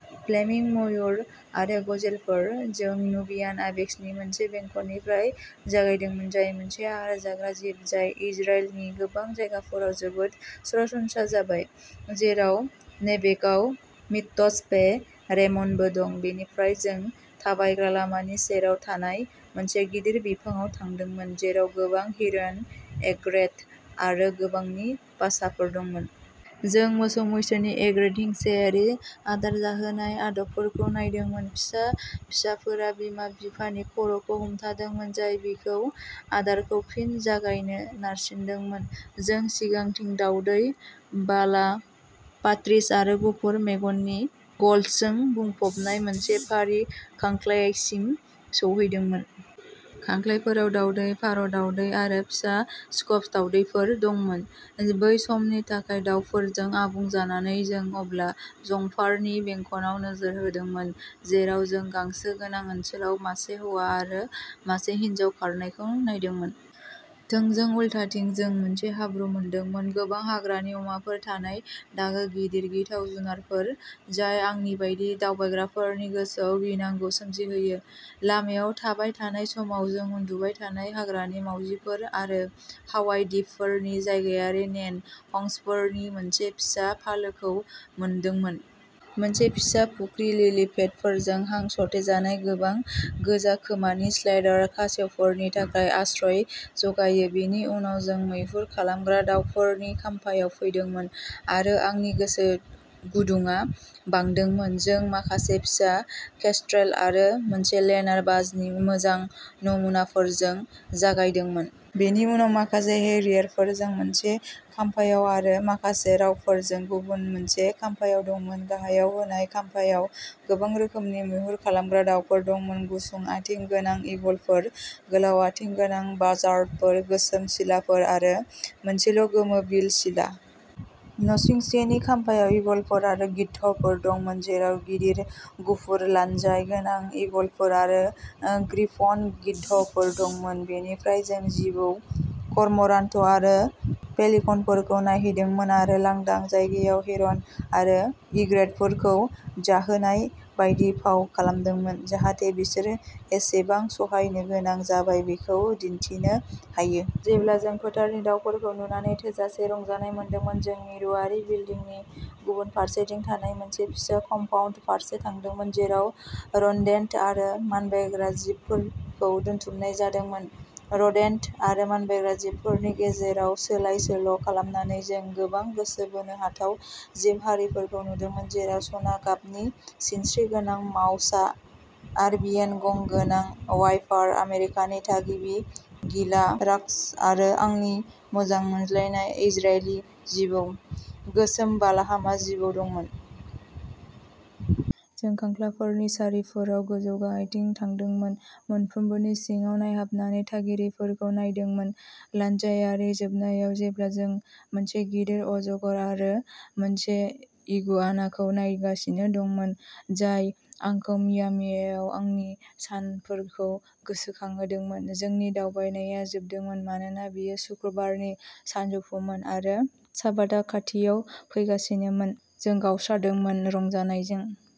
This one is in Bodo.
फ्लेमिंग मयुर आरो गजेलफोर जों नुबियान आइबेक्सनि मोनसे बेंखननिफ्राय जागायदोंमोन, जाय मोनसे आहार जाग्रा जिब जाय इजराइलनि गोबां जायगाफोराव जोबोद सरासनस्रा जाबाय, जेराव नेभेगआव मिट्जपे रेमनबो दं। बेनिफ्राय जों थाबायग्रा लामानि सेराव थानाय मोनसे गिदिर बिफांआव थांदोंमोन जेराव गोबां हिरन एग्रेट आरो गोबांनि बासाफोर दंमोन। जों मोसौ मैसोनि एग्रेटनि हिंसायारि आदार जाहोनाय आदबफोरखौ नायदोंमोन, फिसा फिसाफोरा बिमा बिफानि खर'खौ हमथादोंमोन, जाय बेखौ आदारखौ फिन जागायनो नारसिनदोंमोन। जों सिगांथिं दावदै बाला पार्ट्रिज आरो गुफुर मेगननि गल्सजों बुंफबनाय मोनसे फारि खांख्लायसिम सौहैदोंमोन। खांख्लायफोराव दावदै, फार'ह, दावदै आरो फिसा स्कप्स दावदैफोर दंमोन। बै समनि थाखाय दावफोरजों आबुं जानानै जों अब्ला जंफारनि बेंखनआव नोजोर होदोंमोन जेराव जों गांसो गोनां ओनसोलाव मासे हौवा आरो मासे हिनजाव खारनायखौ नायदोंमोन। थोंजों उल्थाथिं जों मोनसे हाब्रु मोनदोंमोन। गोबां हाग्रानि अमाफोर थानाय दागो गिदिर गिथाव जुनारफोर जाय आंनि बायदि दावबायग्राफोरनि गोसोआव गिनांगौ सोमजिहोयो। लामायाव थाबाय थानाय समाव जों उन्दुबाय थानाय हाग्रानि मावजिफोर आरो हावाइ दिपफोरनि जायगायारि नेन हंसफोरनि मोनसे फिसा फालोखौ मोनदोंमोन। मोनसे फिसा फुख्रि, लिलि पेडफोरजों हां सरथेजानाय, गोबां गोजा खोमानि स्लाइडार खासेवफोरनि थाखाय आश्रय जगायो। बेनि उनाव जों मैहुर खालामग्रा दावफोरनि खाम्फायाव फैदोंमोन आरो आंनि गोसो गुदुंया बांदोंमोन। जों माखासे फिसा केस्ट्रेल आरो मोनसे लेनार बाजनि मोजां नमुनाफोरजों जागायदोंमोन। बेनि उनाव, माखासे हेरियारफोरजों मोनसे खाम्फायाव आरो माखासे रावफोरजों गुबुन मोनसे खाम्फायाव दंमोन। गाहायाव होनाय खाम्फायाव गोबां रोखोमनि मैहुर खालामग्रा दावफोर दंमोन गुसुं आथिं गोनां ईगलफोर, गोलाव आथिं गोनां बाजार्डफोर, गोसोम सिलाफोर आरो मोनसेल'गोमो बिल सिला। नसुंसेनि खाम्फायाव ईगलफोर आरो गिद्धफोर दंमोन जेराव गिदिर गुफुर लानजाय गोनां ईगलफोर आरो ग्रिफन गिद्धफोर दंमोन। बेनिफ्राय जों जिबौ करमरान्ट आरो पेलिकनफोरखौ नायहैदोंमोन आरो लांदां जायगायाव हिरन आरो इग्रेतफोरखौ जाहोनाय बायदि फाव खालामदोंमोन, जाहाथे बिसोर बेसेबां साहसगोनां जाबाय बेखौ दिन्थिनो हायो। जेब्ला जों फोथारनि दावफोरखौ नुनानै थोजासे रंजानाय मोनदोंमोन जों मिरुआरि बिल्दिंनि गुबुन फारसेथिं थानाय मोनसे फिसा कम्पाउन्ड फारसे थांदोंमोन जेराव रोन्देन्ट आरो मानबायग्रा जिबफोरखौ दोनथुमनाय जादोंमोन। रोदेन्ट आरो मानबायग्रा जिबफोरनि गेजेराव सोलाय सोल'खालामनानै जों गोबां गोसो बोनो हाथाव जिब हारिफोरखौ नुदोंमोन जेराव सना गाबनि सिनस्रि गोनां माउसा आरबियान गं गोनां वाइपार आमेरिकानि थागिबि गिला राक्षस आरो आंनि मोजां मोनजानाय इजरायली जिबौ, गोसोम बालाहामा जिबौ दंमोन। जों खांख्लाफोरनि सारिफोराव गोजौ-गाहायथिं थांदोंमोन मोनफ्रोमबोनि सिङाव नायहाबनानै थागिरिफोरखौ नायदोंमोन। लानजायारि जोबनायाव जेब्ला जों मोनसे गिदिर अजगर आरो मोनसे इगुआनाखौ नायगासिनो दंमोन जाय आंखौ मियामीआव आंनि सानफोरखौ गोसोखांहोदोंमोन। जोंनि दावबायनाया जोबदोंमोन मानोना बेयो सुक्रुबारनि सानजौफुमोन आरो शाबातआ खाथियाव फैगासिनोमोन। जों गावस्रादोंमोन रंजानायजों